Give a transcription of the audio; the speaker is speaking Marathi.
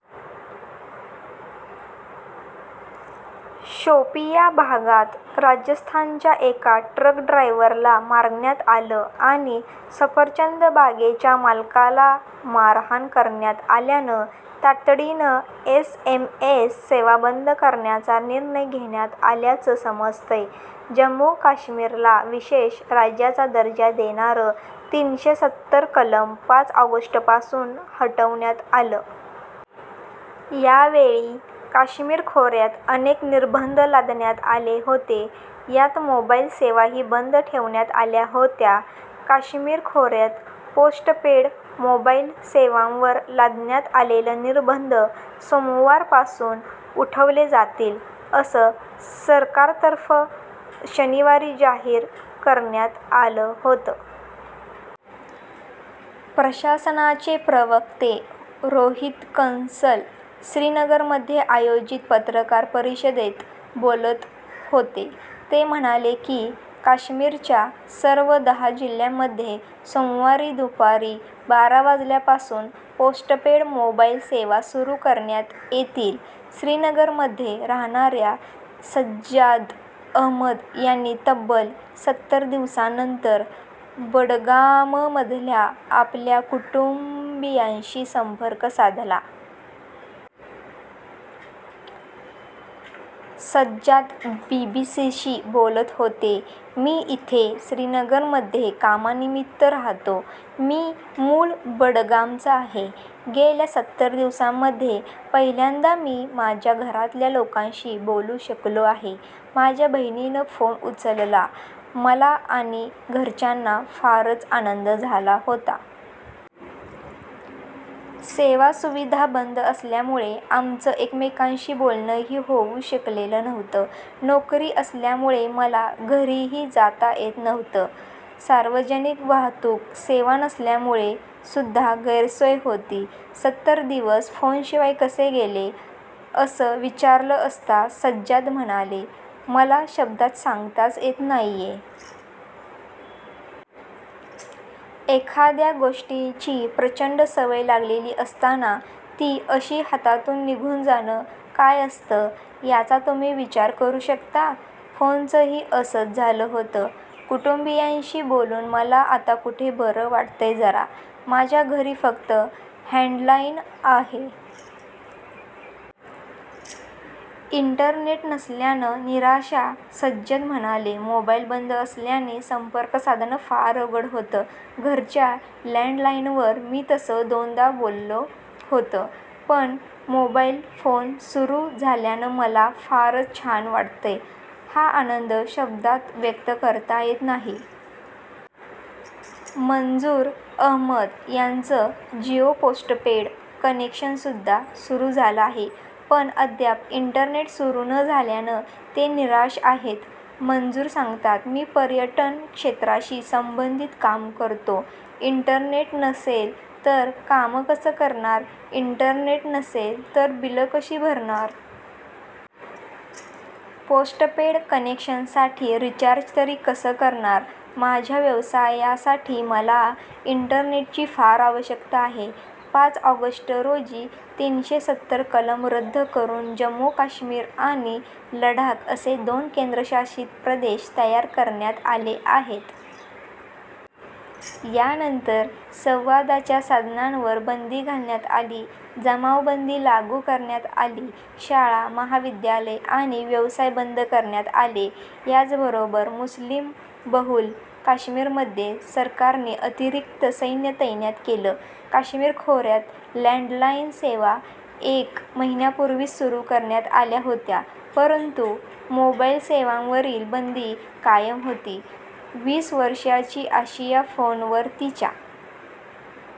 शोपिया भागात राजस्थानच्या एका ट्रक ड्रायव्हरला मारण्यात आलं आणि सफरचंद बागेच्या मालकाला मारहाण करण्यात आल्यानं तातडीनं एसएमएस सेवा बंद करण्याचा निर्णय घेण्यात आल्याचं समजतंय. जम्मू काश्मीरला विशेष राज्याचा दर्जा देणारं तीनशे सत्तर कलम पाच ऑगस्टपासून हटवण्यात आलं. यावेळी काश्मीर खोऱ्यात अनेक निर्बंध लादण्यात आले होते, यात मोबाईल सेवाही बंद ठेवण्यात आल्या होत्या. काश्मीर खोऱ्यात पोस्टपेड मोबाईल सेवांवर लादण्यात आलेले निर्बंध सोमवार पासून उठवले जातील, असं सरकारतर्फे शनिवारी जाहीर करण्यात आलं होतं. प्रशासनाचे प्रवक्ते रोहीत कंसल श्रीनगरमध्ये आयोजित पत्रकार परिषदेत बोलत होते. ते म्हणाले की, काश्मीरच्या सर्व दहा जिल्ह्यांमध्ये सोमवारी दुपारी बारा वाजल्यापासून पोस्टपेड मोबाईल सेवा सुरू करण्यात येतील. श्रीनगरमध्ये राहणाऱ्या सज्जाद अहमद यांनी तब्बल सत्तर दिवसांनंतर बडगाममधल्या आपल्या कुटुंबीयांशी संपर्क साधला. सज्जाद बीबीसीशी बोलत होते, मी इथे श्रीनगरमध्ये कामानिमित्त राहतो. मी मूळ बडगामचा आहे. गेल्या सत्तर दिवसांमध्ये पहिल्यांदा मी माझ्या घरातल्या लोकांशी बोलू शकलो आहे. माझ्या बहिणीनं फोन उचलला. मला आणि घरच्यांना फारच आनंद झाला होता. सेवासुविधा बंद असल्यामुळे आमचं एकमेकांशी बोलणंही होऊ शकलेलं नव्हतं. नोकरी असल्यामुळे मला घरीही जाता येत नव्हतं. सार्वजनिक वाहतूक सेवा नसल्यामुळे सुद्धा गैरसोय होती. सत्तर दिवस फोनशिवाय कसे गेले, असं विचारलं असता सज्जाद म्हणाले, मला शब्दांत सांगताच येत नाहीये. एखाद्या गोष्टीची प्रचंड सवय लागलेली असताना ती अशी हातातून निघून जाणं काय असतं याचा तुम्ही विचार करू शकता. फोनचंही असंच झालं होतं. कुटुंबीयांशी बोलून मला आता कुठे बरं वाटतंय जरा. माझ्या घरी फक्त लँडलाइन आहे. इंटरनेट नसल्यानं निराशा सज्जद म्हणाले, मोबाईल बंद असल्याने संपर्क साधणं फार अवघड होतं. घरच्या लँडलाइनवर मी तसं दोनदा बोललो होतं. पण मोबाईल फोन सुरू झाल्यानं मला फारच छान वाटतंय. हा आनंद शब्दांत व्यक्त करता येत नाही. मंजूर अहमद यांचं जिओ पोस्टपेड कनेक्शनसुद्धा सुरू झालं आहे. पण अद्याप इंटरनेट सुरू न झाल्यानं ते निराश आहेत. मंजूर सांगतात, मी पर्यटन क्षेत्राशी संबंधित काम करतो. इंटरनेट नसेल तर काम कसं करणार. इंटरनेट नसेल तर बिलं कशी भरणार. पोस्टपेड कनेक्शनसाठी रिचार्ज तरी कसं करणार. माझ्या व्यवसायासाठी मला इंटरनेटची फार आवश्यकता आहे. पाच ऑगस्ट रोजी तीनशे सत्तर कलम रद्द करून जम्मू काश्मीर आणि लडाख असे दोन केंद्रशासित प्रदेश तयार करण्यात आले आहेत. यानंतर संवादाच्या साधनांवर बंदी घालण्यात आली, जमावबंदी लागू करण्यात आली. शाळा, महाविद्यालयं आणि व्यवसाय बंद करण्यात आले. याबरोबरच मुस्लीमबहुल काश्मीरमध्ये सरकारने अतिरिक्त सैन्य तैनात केलं. काश्मीर खोऱ्यात लँडलाईन सेवा एक महिन्यापूर्वीच सुरू करण्यात आल्या होत्या, परंतु मोबाईल सेवांवरील बंदी कायम होती. वीस वर्षांची आशिया फोनवर तिच्या